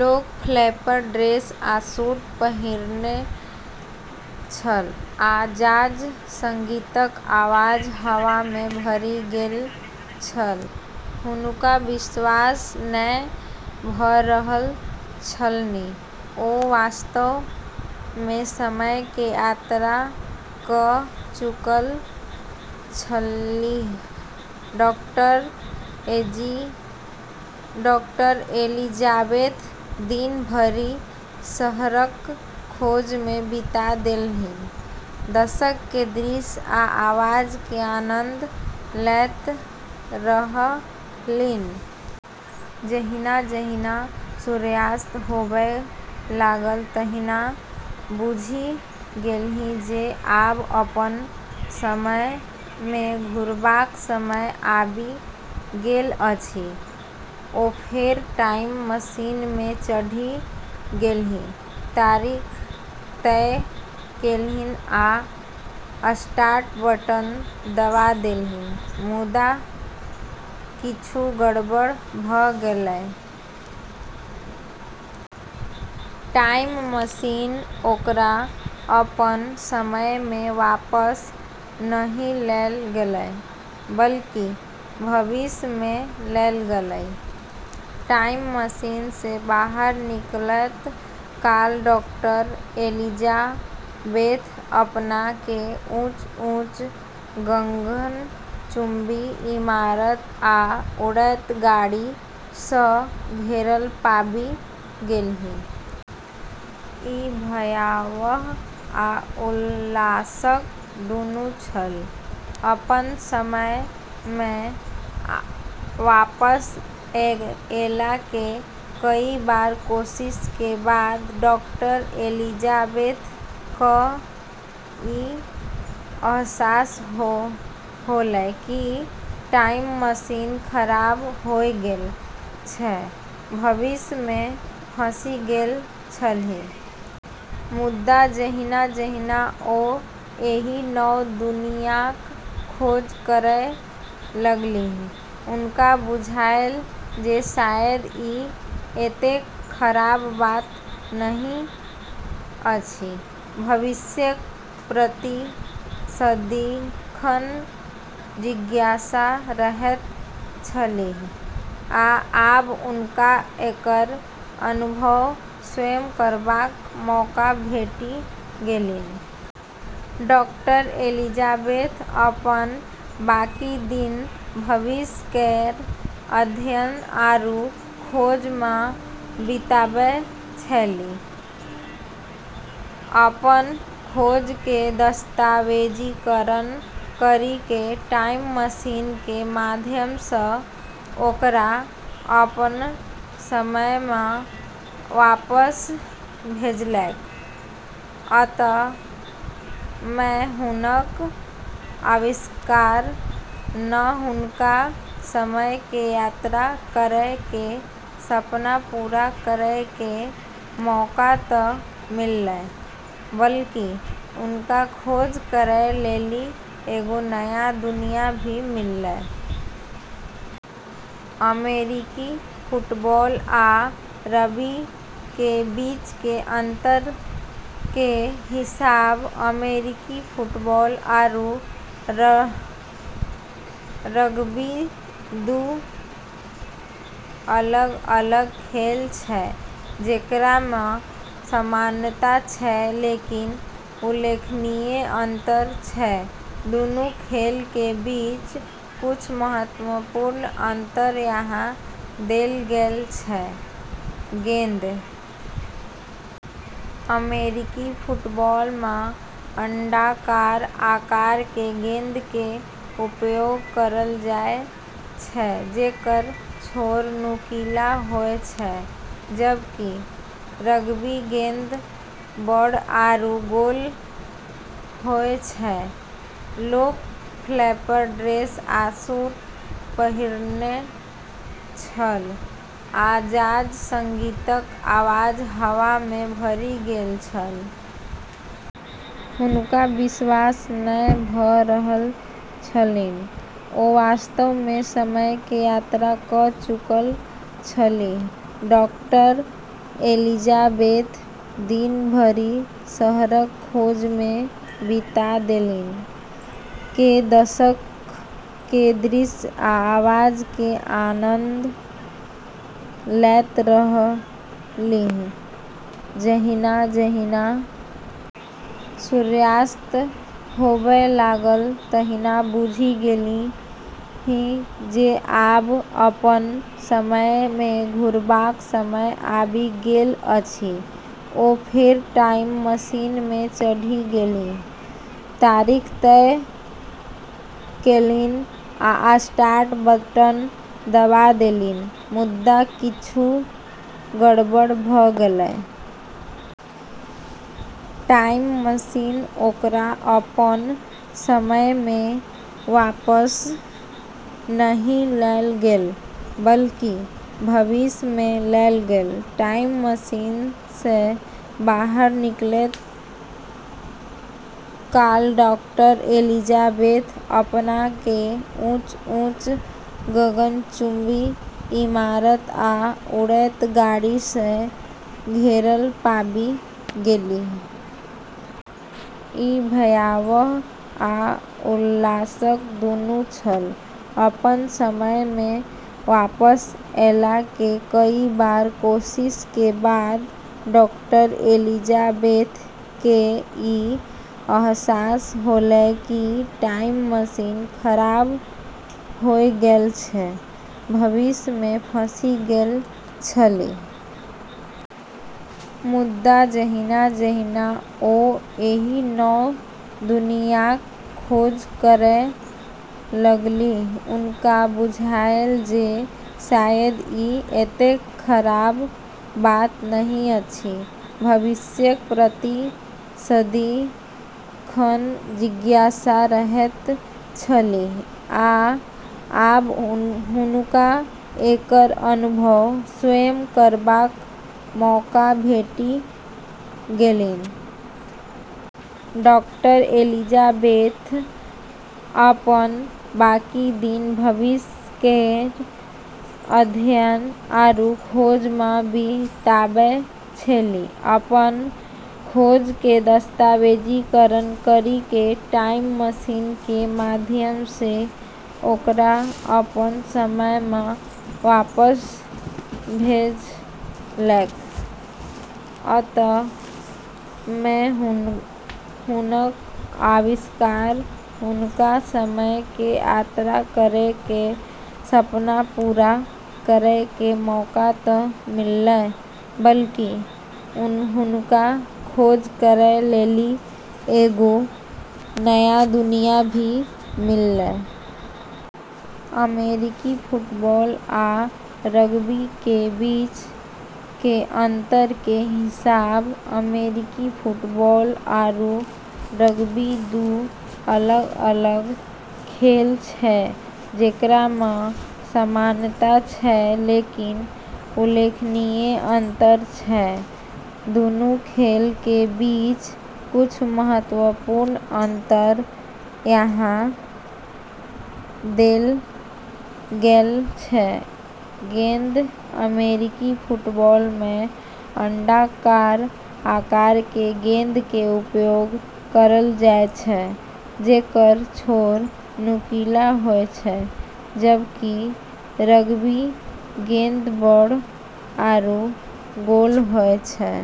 लोक flapper dress आ suit पहिरने छल आ जाज संगीतक आवाज हवा मे भरि गेल छल। हुनका विश्वास नै भ रहल छलनि, ओ वास्तव में समय के यात्रा कऽ चुकल छलीह! डॉ. एलिजाबेथ दिन भरि शहरक खोज में बिता देलनि, दशक के दृश्य आ आवाज के आनंद लैत रहलीह। जहिना-जहिना सूर्यास्त होबय लागल तहिना बुझि गेलीह जे आब अपन समय मे घुरबाक समय आबि गेल अछि। ओ फेर टाइम मशीन मे चढ़ि गेलीह, तारीख तय केलनि आ स्टार्ट बटन दबा देलनि। मुदा किछु गड़बड़ भऽ गेलै। टाइम मशीन ओकरा अपन समय मे वापस नहि लऽ गेलै, बल्कि भविष्य मे लऽ गेलै। टाइम मशीन सऽ बाहर निकलैत काल डॉ. एलिजाबेथ अपना कें ऊंच-ऊंच गगनचुंबी इमारत आ उड़ैत गाड़ी सऽ घेरल पाबि गेलीह। ई भयावह आ उल्लासक दुनू छल। अपनऽ समय मऽ वापस ऐला के कई बार कोशिश के बाद डॉ. एलिजाबेथ कऽ ई अहसास होलै कि टाइम मशीन खराब होय गेलऽ छै। भविष्य मे फँसि गेल छलीह। मुदा जहिना-जहिना ओ एहि नव दुनियाँक खोज करय लगलीह, हुनका बुझायल जे शायद ई एतेक खराब बात नहि अछि। भविष्यक प्रति सदिखन जिज्ञासा रहैत छलीह, आ आब हुनका एकर अनुभव स्वयं करबाक मौका भेटि गेलनि। डॉ. एलिजाबेथ अपनऽ बाकी दिन भविष्य केरऽ अध्ययन आरू खोज मऽ बिताबै छेली, अपनऽ खोज के दस्तावेजीकरण करी कऽ टाइम मशीन के माध्यम सऽ ओकरा अपनऽ समय मऽ वापस भेजलकै। अंत में हुनकऽ आविष्कार नऽ हुनका समय के यात्रा करै के सपना पूरा करै के मौका त मिललै बल्कि हुनका खोज करै लेली एगो नया दुनिया भी मिललै। अमेरिकी फुटबॉल आ रग्बी के बीच के अंतर के हिसाब अमेरिकी फुटबॉल आरू रग्बी दू अलग-अलग खेल छै जेकरा मऽ समानता छै लेकिन उल्लेखनीय अंतर छै। दूनू खेलऽ के बीच कुछ महत्वपूर्ण अंतर यहाँ देलऽ गेलऽ छै ।गेंद अमेरिकी फुटबॉल मऽ अण्डाकार आकार के गेंद के उपयोग करलऽ जाय छै जेकरऽ छोर नुकीला होय छै जबकि रग्बी गेंद बड़ऽ आरू गोल होय छै। लोक फ्लैपर ड्रेस आ सूट पहिरने छल आ जाज संगीतक आवाज हवा मे भरि गेल छल। हुनका विश्वास नै भ रहल छलनि, ओ वास्तव में समय के यात्रा क चुकल छलीह! डॉ. एलिजाबेथ दिन भरि शहरक खोज में बिता देलनि, के दशक के दृश्य आ आवाज के आनंद लैत रहलीह ।जहिना-जहिना सूर्यास्त होबय लागल तहिना बुझि गेलीह जे आब अपन समय मे घुरबाक समय आबि गेल अछि। ओ फेर टाइम मशीन मे चढ़ि गेलीह, तारीख तय केलनि आ स्टार्ट बटन दबा देलनि। मुदा किछु गड़बड़ भऽ गेलै। टाइम मशीन ओकरा अपन समय मे वापस नहि लऽ गेलै, बल्कि भविष्य मे लऽ गेलै। टाइम मशीन सऽ बाहर निकलैत काल डॉ. एलिजाबेथ अपना के ऊंच-ऊंच गगनचुंबी इमारत आ उड़ैत गाड़ी सऽ घेरल पाबि गेलीह। ई भयावह आ उल्लासक दुनू छल। अपनऽ समय मे वापस ऐला के कई बार कोशिश के बाद डॉ. एलिजाबेथ के ई अहसास होलै कि टाइम मशीन खराब होय गेलऽ छै। भविष्य मे फँसि गेल छलीह। मुदा जहिना-जहिना ओ एहि नव दुनियाँक खोज करय लगलीह, हुनका बुझायल जे शायद ई एतेक खराब बात नहि अछि। भविष्यक प्रति सदिखन जिज्ञासा रहैत छलीह, आ आब हुनका एकर अनुभव स्वयं करबाक मौका भेटि गेलनि। डॉ. एलिजाबेथ अपनऽ बाकी दिन भविष्य केरऽ अध्ययन आरू खोज मऽ बिताबै छेली, अपनऽ खोज के दस्तावेजीकरण करी कऽ टाइम मशीन के माध्यम सऽ ओकरा अपनऽ समय मऽ वापस भेजलकै। अंत में हुनकऽ आविष्कार हुनका समय के यात्रा करै के सपना पूरा करै के मौका त मिललै बल्कि हुनका खोज करै लेली एगो नया दुनिया भी मिललै। अमेरिकी फुटबॉल आ रग्बी के बीच के अंतर के हिसाब अमेरिकी फुटबॉल आरू रग्बी दू अलग-अलग खेल छै जेकरा मऽ समानता छै लेकिन उल्लेखनीय अंतर छै। दूनू खेलऽ के बीच कुछ महत्वपूर्ण अंतर यहाँ देलऽ गेलऽ छै ।गेंद अमेरिकी फुटबॉल मऽ अण्डाकार आकार के गेंद के उपयोग करलऽ जाय छै जेकरऽ छोर नुकीला होय छै जबकि रग्बी गेंद बड़ऽ आरू गोल होय छै।